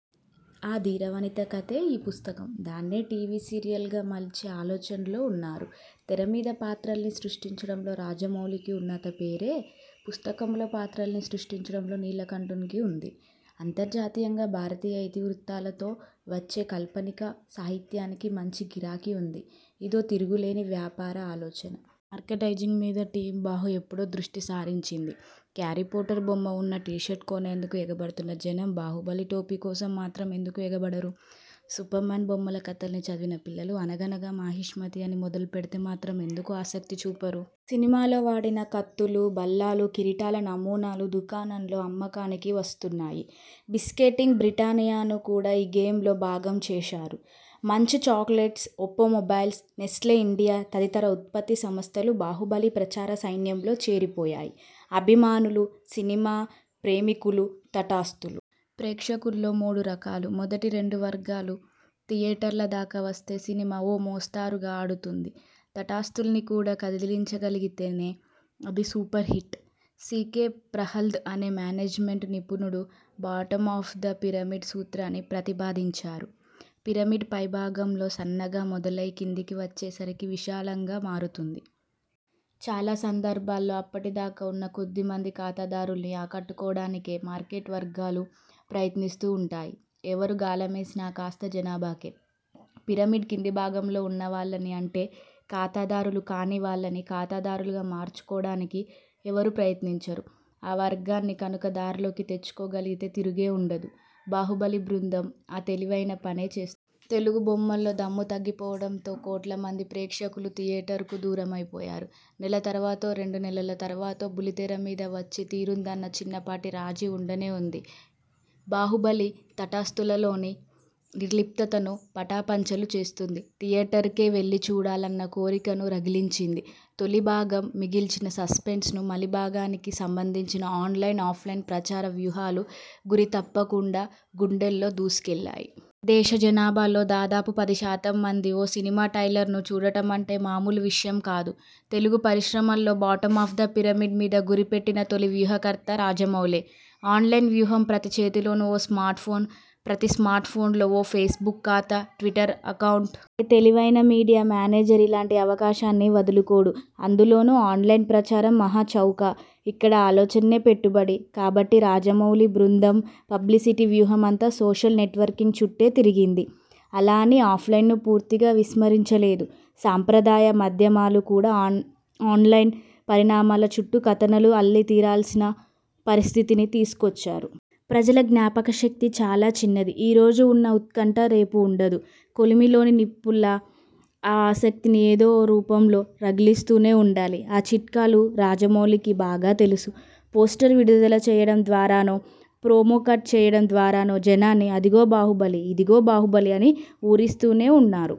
ఆ ధీరవనిత కథే ఈ పుస్తకం. దాన్నే టీవీ సీరియల్గా మలిచే ఆలోచనలో ఉన్నారు. తెరమీద పాత్రల్ని సృష్టించడంలో రాజమౌళికి ఉన్నంత పేరే, పుస్తకంలో పాత్రల్ని సృష్టించడంలో నీలకంఠన్కు ఉంది. అంతర్జాతీయంగా భారతీయ ఇతివృత్తాలతో వచ్చే కాల్పనిక సాహిత్యానికి మంచి గిరాకీ ఉంది. ఇదో తిరుగులేని వ్యాపార ఆలోచన. 'మర్కెంటైజింగ్' మీదా 'టీమ్ బాహు' ఎప్పుడో దృష్టి సారించింది. హ్యారీపోటర్ బొమ్మ ఉన్న టీషర్ట్ను కొనేందుకు ఎగబడుతున్న జనం బాహుబలి టోపీ కోసం మాత్రం ఎందుకు ఎగబడరు? సూపర్మాన్ బొమ్మల కథల్ని చదివిన పిల్లలు, 'అనగనగా మాహిష్మతి ' అని మొదలుపెడితే మాత్రం ఎందుకు ఆసక్తిచూపరు? సినిమాలో వాడిన కత్తులూ, బల్లాలూ, కిరీటాల నమూనాలు దుకాణాల్లో అమ్మకానికి వస్తున్నాయి. 'బిస్కెట్కింగ్' బ్రిటానియాను కూడా ఈ గేమ్లో భాగం చేశారు. Munch chocolates, Oppo mobiles, Nestle India తదితర ఉత్పత్తి సంస్థలూ బాహుబలి ప్రచార సైన్యంలో చేరిపోయాయి. అభిమానులు. సినిమా ప్రేమికులు. తటస్థులు. ప్రేక్షకుల్లో మూడురకాలు. మొదటి రెండు వర్గాలూ థియేటర్ల దాకా వస్తే సినిమా ఓ మోస్తరుగా ఆడుతుంది. తటస్థుల్ని కూడా కదిలించగలిగితేనే, అది 'సూపర్హిట్'! సీకే ప్రహ్లాద్ అనే మేనేజ్మెంట్ నిపుణుడు 'బాటమ్ ఆఫ్ ద పిరమిడ్' సూత్రాన్ని ప్రతిపాదించారు. పిరమిడ్ పైభాగంలో సన్నగా మొదలై కిందికి వచ్చేసరికి విశాలంగా మారుతుంది. చాలా సందర్భాల్లో, అప్పటిదాకా ఉన్న కొద్దిమంది ఖాతాదారుల్ని ఆకట్టుకోడానికే మార్కెట్ వర్గాలు ప్రయత్నిస్తుంటాయి. ఎవరు గాలమేసినా ఆ కాస్త జనాభాకే. పిరమిడ్ కిందిభాగంలో ఉన్నవాళ్లని అంటే, ఖాతాదారులు కానివాళ్లని ఖాతాదారులుగా మార్చుకోడానికి ఎవరూ ప్రయత్నించరు. ఆ వర్గాన్ని కనుక దార్లోకి తెచ్చుకోగలిగితే తిరుగే ఉండదు. 'బాహుబలి' బృందం ఆ తెలివైన పనే చేస్తోంది. తెలుగు బొమ్మల్లో దమ్ము తగ్గిపోవడంతో కోట్ల మంది ప్రేక్షకులు థియేటర్కు దూరమైపోయారు. నెల తర్వాతో, రెండు నెలల తర్వాతో బుల్లితెర మీద వచ్చితీరుతుందన్న చిన్నపాటి రాజీ ఉండనే ఉంది. బాహుబలి తటస్థులలోని నిర్లిప్తతను పటాపంచలు చేస్తోంది. థియేటర్కే వెళ్లిచూడాలన్న కోరికను రగిలించింది. తొలిభాగం మిగిల్చిన సస్పెన్స్, మలిభాగానికి సంబంధించిన ఆన్లైన్, ఆఫ్లైన్ ప్రచార వ్యూహాలూ గురితప్పకుండా గుండెల్లో దూసుకెళ్లాయి. దేశజనాభాలో దాదాపు పదిశాతం మంది ఓ సినిమా ట్రైలర్ను చూడటం అంటే మామూలు విషయం కాదు. తెలుగు పరిశ్రమలో 'బాటమ్ ఆఫ్ ద పిరమిడ్' మీద గురిపెట్టిన తొలి వ్యూహకర్త రాజమౌళే. ఆన్లైన్ వ్యూహం ప్రతి చేతిలోనూ ఓ స్మార్ట్ఫోన్. ప్రతి స్మార్ట్ఫోన్లో ఓ ఫేస్బుక్ ఖాతా, ట్విటర్ అకౌంట్. ఏ తెలివైన మీడియా మేనేజర్ ఇలాంటి అవకాశాన్ని వదులుకోడు. అందులోనూ ఆన్లైన్ ప్రచారం మహాచౌక! ఇక్కడ ఆలోచనే పెట్టుబడి. కాబట్టే, రాజమౌళి బృందం పబ్లిసిటీ వ్యూహమంతా సోషల్ నెట్వర్కింగ్ చుట్టే తిరిగింది. అలా అని, ఆఫ్లైన్ను పూర్తిగా విస్మరించలేదు. సంప్రదాయ మాధ్యమాలు కూడా ఆన్లైన్ పరిణామాల చుట్టూ కథనాలు అల్లితీరాల్సిన పరిస్థితిని తీసుకొచ్చారు. ప్రజల జ్ఞాపకశక్తి చాలా చిన్నది. ఈరోజు ఉన్న ఉత్కంఠ రేపు ఉండదు. కొలిమిలోని నిప్పులా ఆ ఆసక్తిని ఏదో ఓ రూపంలో రగిలిస్తూనే ఉండాలి. ఆ చిట్కాలు రాజమౌళికి బాగా తెలుసు. పోస్టరు విడుదల చేయడం ద్వారానో, ప్రోమో కట్ చేయడం ద్వారానో జనాన్ని 'అదిగో బాహుబలి ఇదిగో బాహుబలి' అని ఊరిస్తూనే ఉన్నారు.